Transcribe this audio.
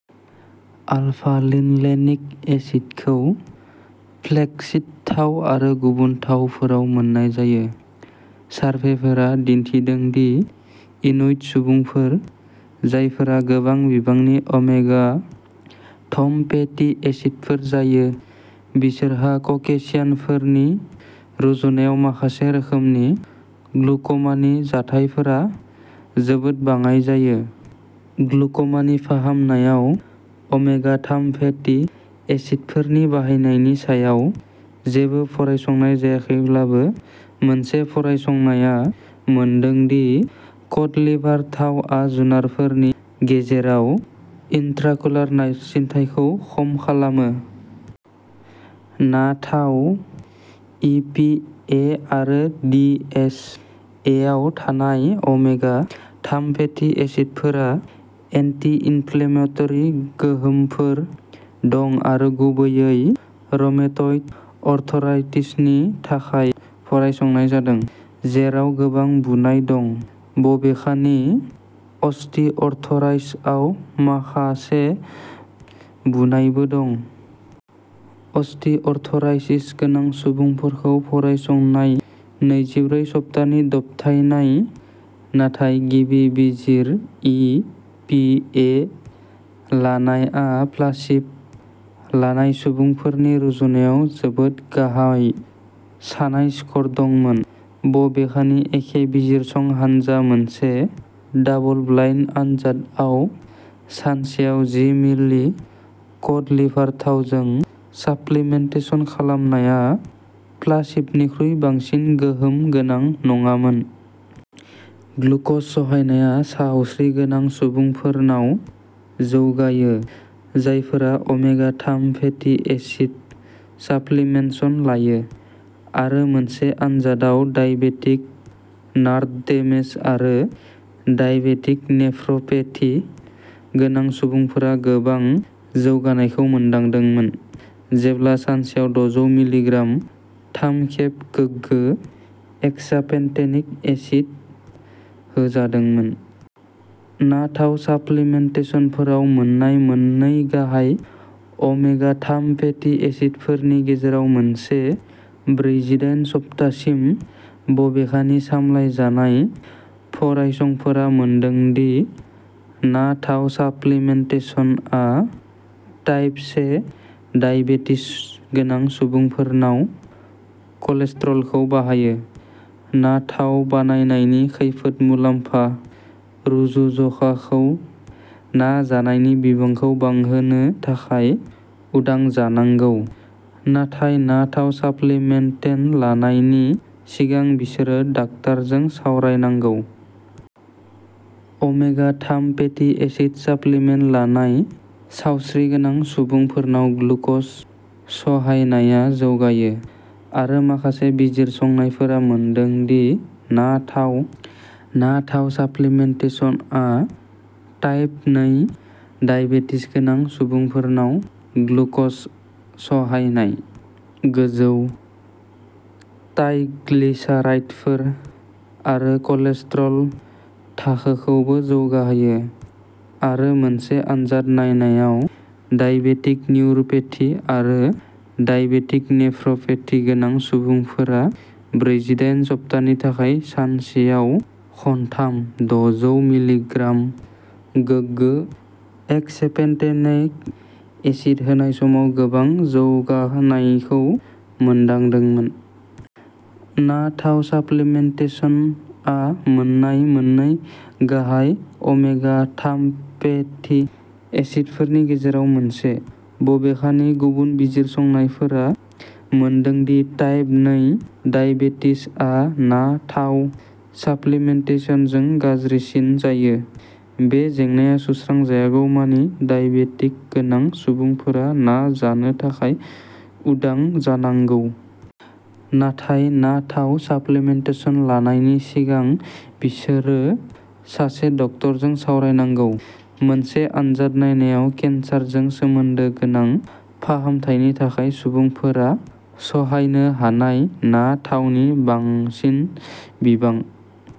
आलफा-लिन'लेनिक एसिडखौ flaxseed थाव आरो गुबुन थावफोराव मोननाय जायो। सारभेफोरा दिन्थिदों दि इनुइट सुबुंफोर, जायफोरा गोबां बिबांनि ओमेगा थाम फेटी एसिडफोर जायो, बिसोरहा ककेशियानफोरनि रुजुनायाव माखासे रोखोमनि ग्लुक'मानि जाथायफोरा जोबोद बाङाइ जायो। ग्लुक'मानि फाहामनायाव ओमेगा थाम फेटी एसिडफोरनि बाहायनायनि सायाव जेबो फरायसंनाय जायाखैब्लाबो मोनसे फरायसंनाया मोनदों दि कड लिभार थाव आ जुनारफोरनि गेजेराव इन्ट्राअकुलार नारसिनथायखौ खम खालामो। ना थाव, ई पी ए आरो डी एच एआव थानाय ओमेगा थाम फेटी एसिडफोरा एन्टि-इनफ्लेमेटरि गोहोमफोर दं आरो गुबैयै रुमेटइड आर्थराइटिसनि थाखाय फरायसंनाय जादों, जेराव गोबां बुनाय दं। बबेखानि अस्टिआर्थराइटिसआव माखासे बुनायबो दं। अस्टिआर्थराइटिस गोनां सुबुंफोरखौ फरायसंनाय नैजिब्रै सप्तानि दबथायनाय नाथाय गिबि बिजिर इ पि ए लानायआ प्लासिब' लानाय सुबुंफोरनि रुजुनायाव जोबोद गाहाय सानाय स्कर दंमोन। बबेखानि एखे बिजिरसं हानजा मोनसे डाबल-ब्लाइन्ड आन्जादआव सानसेयाव जि मिलि कड लिभार थावजों साप्लिमेन्टेसन खालामनाया प्लासिब'निख्रुइ बांसिन गोहोम गोनां नङामोन। ग्लुक'ज सहायनाया सावस्रिगोनां सुबुंफोरनाव जौगायो, जायफोरा ओमेगा थाम फेटि एसिड साप्लिमेन्टेसन लायो। आरो मोनसे आन्जादआव डायबेटिक नार्भ डेमेज आरो डायबेटिक नेफ्र'पेथि गोनां सुबुंफोरा गोबां जौगानायखौ मोनदांदोंमोन जेब्ला सानसेयाव द'जौ मिलिग्राम थाम खेब गोगो इक'सापेनटेन'इक एसिड होजादोंमोन। ना थाव साप्लिमेन्टेसनफोराव मोन्नाय मोननै गाहाय ओमेगा थाम फेटि एसिडफोरनि गेजेराव मोनसे ब्रैजिडाइन सप्तासिम। बबेखानि सामलायजानाय फरायसंफोरा मोनदों दि ना थाव साप्लिमेन्टेसनआ टाइप से डायबेटिस गोनां सुबुंफोरनाव कलेस्ट्रलखौ बांहोयो। ना थाव बाहायनायनि खैफोद-मुलाम्फा रुजुज'खाखौ ना जानायनि बिबांखौ बांहोनो थाखाय उदां जानांगौ, नाथाय ना थाव साप्लिमेन्ट लानायनि सिगां बिसोरो डाक्टारजों सावरायनांगौ। ओमेगा थाम फेटि एसिड साप्लिमेन्ट लानाय सावस्रिगोनां सुबुंफोरनाव ग्लुक'ज सहायनाया जौगायो, आरो माखासे बिजिरसंनायफोरा मोनदों दि ना थाव साप्लिमेन्टेसनआ टाइप नै डाइबेटिस गोनां सुबुंफोरनाव ग्लुक'ज सहायनाय, गोजौ टाइग्लिसाराइडफोर आरो कलेस्ट्रल थाखोखौबो जौगाहोयो। आरो मोनसे आन्जाद नायनायाव, डायबेटिक निउर'पेथि आरो डाइबेटिक नेफ्र'पेथि गोनां सुबुंफोरा ब्रैजिडाइन सप्तानि थाखाय सानसेयाव खनथाम द'जौ मिलिग्राम गोगो एकसेपेन्टेएन'इक एसिड होनाय समाव गोबां जौगानायखौ मोनदांदोंमोन। ना थाव साप्लिमेन्टेसनआव मोन्नाय मोननै गाहाय ओमेगा थाम फेटि एसिडफोरनि गेजेराव मोनसे। बबेखानि गुबुन बिजिरसंनायफोरा मोनदों दि टाइप नै डाइबेटिसआ ना थाव साप्लिमेन्टेसनजों गाज्रिसिन जायो। बे जेंनाया सुस्रांजायागौमानि डाइबेटिक गोनां सुबुंफोरा ना जानो थाखाय उदां जानांगौ। नाथाय ना थाव साप्लिमेन्टेसन लानायनि सिगां बिसोरो सासे डाक्टारजों सावरायनांगौ। मोनसे आन्जाद नायनायाव केन्सारजों सोमोन्दो गोनां फाहामथायनि थाखाय सुबुंफोरा सहायनो हानाय ना थावनि बांसिन बिबां।